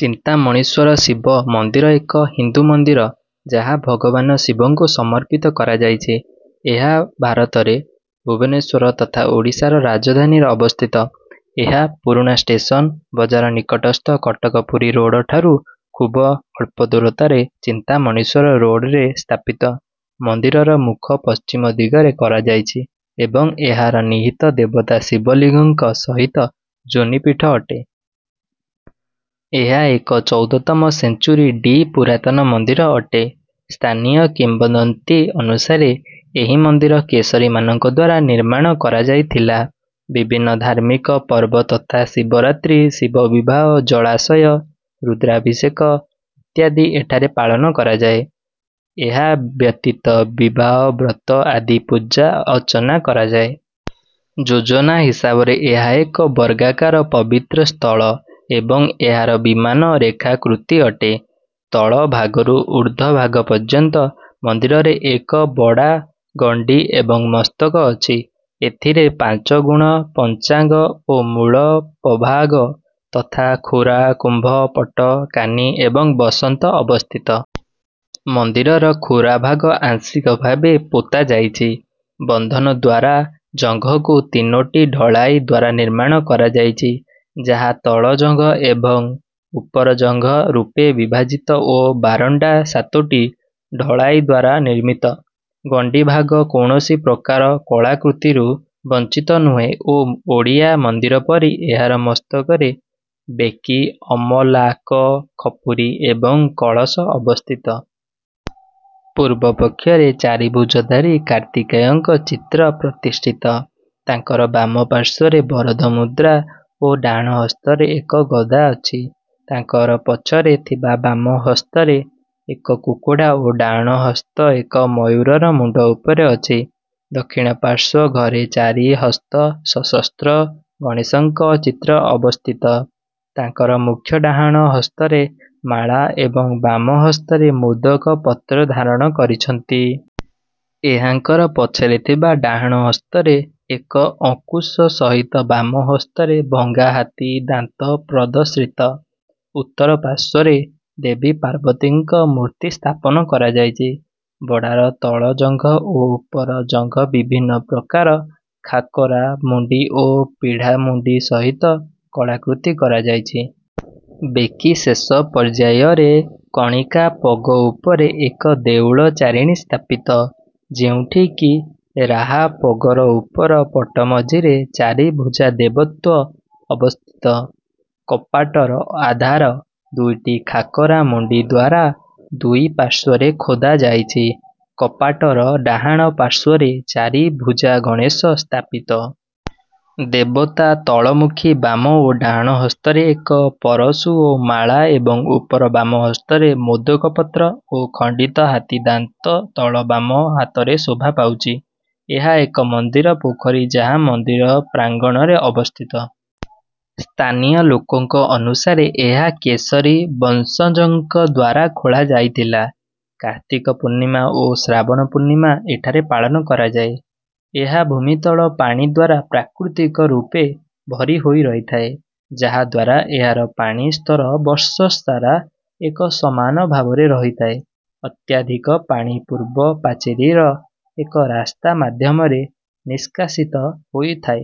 ଚିନ୍ତାମଣିଶ୍ୱର ଶିବ ମନ୍ଦିର ଏକ ହିନ୍ଦୁ ମନ୍ଦିର ଯାହା ଭଗବାନ ଶିବଙ୍କୁ ସମର୍ପିତ କରାଯାଇଛି। ଏହା ଭାରତରେ ଭୁବନେଶ୍ୱର, ତଥା ଓଡ଼ିଶାର ରାଜଧାନୀରେ ଅବସ୍ଥିତ। ଏହା ପୁରୁଣା ଷ୍ଟେସନ ବଜାର ନିକଟସ୍ଥ କଟକ ପୁରୀ ରୋଡ ଠାରୁ ଖୁବ ଅଳ୍ପ ଦୂରତାରେ ଚିନ୍ତାମଣିଶ୍ୱର ରୋଡରେ ସ୍ଥାପିତ। ମନ୍ଦିରର ମୁଖ ପଶ୍ଚିମ ଦିଗରେ କରାଯାଇଛି ଏବଂ ଏହାର ନିହିତ ଦେବତା ଶିବ ଲିଙ୍ଗଙ୍କ ସହିତ ଯୋନୀପୀଠ ଅଟେ। ଏହା ଏକ ଚଉଦ ତମ ସେଞ୍ଚୁରୀ ଡି ପୁରାତନ ମନ୍ଦିର ଅଟେ। ସ୍ଥାନୀୟ କିମ୍ବଦନ୍ତୀ ଅନୁସାରେ ଏହି ମନ୍ଦିର କେଶରୀ ମାନଙ୍କ ଦ୍ୱାରା ନିର୍ମାଣ କରାଯାଇଥିଲା। ବିଭିନ୍ନ ଧାର୍ମିକ ପର୍ବ ତଥା ଶିବରାତ୍ରି, ଶିବ ବିବାହ, ଜଳାଶୟ, ରୁଦ୍ରାଭିଷେକ, ଇତ୍ୟାଦି ଏଠାରେ ପାଳନ କରାଯାଏ। ଏହା ବ୍ୟତୀତ ବିବାହ, ବ୍ରତ ଆଦି ପୂଜା ଅର୍ଚ୍ଚନା କରାଯାଏ। ଯୋଜନା ହିସାବରେ ଏହା ଏକ ବର୍ଗାକାର ପବିତ୍ର ସ୍ଥଳ ଏବଂ ଏହାର ବିମାନ ରେଖା କୃତି ଅଟେ। ତଳ ଭାଗରୁ ଉର୍ଦ୍ଧ ଭାଗ ପର୍ଯ୍ୟନ୍ତ ମନ୍ଦିରରେ ଏକ ବଡ଼ା, ଗଣ୍ଡି ଏବଂ ମସ୍ତକ ଅଛି। ଏଥିରେ ପାଞ୍ଚ ଗୁଣ ପଞ୍ଚାଙ୍ଗ ଓ ମୂଳ ପଭାଗ ତଥା ଖୁରା, କୁମ୍ଭ, ପଟ, କାନି ଏବଂ ବସନ୍ତ ଅବସ୍ଥିତ। ମନ୍ଦିରର ଖୁରା ଭାଗ ଆଂଶିକ ଭାବେ ପୋତା ଯାଇଛି। ବନ୍ଧନ ଦ୍ୱାରା ଜଙ୍ଘକୁ ତିନୋଟି ଢଳାଇ ଦ୍ୱାରା ନିର୍ମାଣ କରାଯାଇଛି, ଯାହା ତଳ ଜଙ୍ଘ ଏବଂ ଉପର ଜଙ୍ଘ ରୂପେ ବିଭାଜିତ ଓ ବାରଣ୍ଡା ସାତୋଟି ଢଳାଇ ଦ୍ୱାରା ନିର୍ମିତ। ଗଣ୍ଡି ଭାଗ କୌଣସି ପ୍ରକାର କଳାକୃତିରୁ ବଞ୍ଚିତ ନୁହେଁ ଓ ଓଡ଼ିଆ ମନ୍ଦିର ପରି ଏହାର ମସ୍ତକରେ ବେକି, ଅମଲାକ, ଖପୁରି ଏବଂ କଳସ ଅବସ୍ଥିତ। ପୂର୍ବ ପକ୍ଷରେ ଚାରି ଭୁଜଧାରୀ କାର୍ତ୍ତିକେୟଙ୍କ ଚିତ୍ର ପ୍ରତିଷ୍ଠିତ। ତାଙ୍କର ବାମ ପାର୍ଶ୍ୱରେ ବରଦମୁଦ୍ରା ଓ ଡାହାଣ ହସ୍ତରେ ଏକ ଗଦା ଅଛି। ତାଙ୍କର ପଛରେ ଥିବା ବାମ ହସ୍ତରେ ଏକ କୁକୁଡ଼ା ଓ ଡାହାଣ ହସ୍ତ ଏକ ମୟୂରର ମୁଣ୍ଡ ଉପରେ ଅଛି। ଦକ୍ଷିଣ ପାର୍ଶ୍ୱ ଘରେ ଚାରି ହସ୍ତ ସଶସ୍ତ୍ର ଗଣେଶଙ୍କ ଚିତ୍ର ଅବସ୍ଥିତ, ତାଙ୍କର ମୁଖ୍ୟ ଡାହାଣ ହସ୍ତରେ ମାଳା ଏବଂ ବାମ ହସ୍ତରେ ମୋଦକ ପତ୍ର ଧାରଣ କରିଛନ୍ତି। ଏହାଙ୍କର ପଛରେ ଥିବା ଡାହାଣ ହସ୍ତରେ ଏକ ଅଙ୍କୁଶ ସହିତ ବାମ ହସ୍ତରେ ଭଙ୍ଗା ହାତୀ ଦାନ୍ତ ପ୍ରଦର୍ଶିତ। ଉତ୍ତର ପାର୍ଶ୍ୱରେ ଦେବୀ ପାର୍ବତୀଙ୍କ ମୂର୍ତ୍ତି ସ୍ଥାପନ କରାଯାଇଛି। ବଡ଼ାର ତଳ ଜଙ୍ଘ ଓ ଉପର ଜଙ୍ଘ ବିଭିନ୍ନ ପ୍ରକାର ଖାଖରା ମୁଣ୍ଡି ଓ ପିଢ଼ା ମୁଣ୍ଡି ସହିତ କଳାକୃତି କରାଯାଇଛି। ବେକି ଶେଷ ପର୍ଯ୍ୟାୟରେ କଣିକା ପଗ ଉପରେ ଏକ ଦେଉଳ ଚାରିଣୀ ସ୍ଥାପିତ, ଯେଉଁଠି କି ରାହା ପଗର ଉପର ପଟ ମଝିରେ ଚାରି ଭୁଜା ଦେବତ୍ୱ ଅବସ୍ଥିତ। କପାଟର ଆଧାର ଦୁଇଟି ଖାଖରା ମୁଣ୍ଡି ଦ୍ୱାରା ଦୁଇ ପାର୍ଶ୍ୱରେ ଖୋଦା ଯାଇଛି। କପାଟର ଡାହାଣ ପାର୍ଶ୍ୱରେ ଚାରି ଭୁଜା ଗଣେଶ ସ୍ଥାପିତ। ଦେବତା ତଳମୁଖୀ ବାମ ଓ ଡାହାଣ ହସ୍ତରେ ଏକ ପରଶୁ ଓ ମାଳା ଏବଂ ଉପର ବାମ ହସ୍ତରେ ମୋଦକ ପତ୍ର ଓ ଖଣ୍ଡିତ ହାତୀ ଦାନ୍ତ ତଳ ବାମ ହାତରେ ଶୋଭା ପାଉଛି। ଏହା ଏକ ମନ୍ଦିର ପୋଖରୀ ଯାହା ମନ୍ଦିର ପ୍ରାଙ୍ଗଣରେ ଅବସ୍ଥିତ। ସ୍ଥାନୀୟ ଲୋକଙ୍କ ଅନୁସାରେ ଏହା କେଶରୀ ବଂଶଜଙ୍କ ଦ୍ୱାରା ଖୋଳା ଯାଇଥିଲା। କାର୍ତ୍ତିକ ପୂର୍ଣ୍ଣିମା ଓ ଶ୍ରାବଣ ପୂର୍ଣ୍ଣିମା ଏଠାରେ ପାଳନ କରାଯାଏ। ଏହା ଭୂମିତଳ ପାଣି ଦ୍ୱାରା ପ୍ରାକୃତିକ ରୂପେ ଭରି ହୋଇ ରହିଥାଏ, ଯାହା ଦ୍ୱାରା ଏହାର ପାଣି ସ୍ତର ବର୍ଷସାରା ଏକ ସମାନ ଭାବରେ ରହିଥାଏ। ଅତ୍ୟାଧିକ ପାଣି ପୂର୍ବ ପାଚେରୀର ଏକ ରାସ୍ତା ମାଧ୍ୟମରେ ନିଷ୍କାସିତ ହୋଇଥାଏ।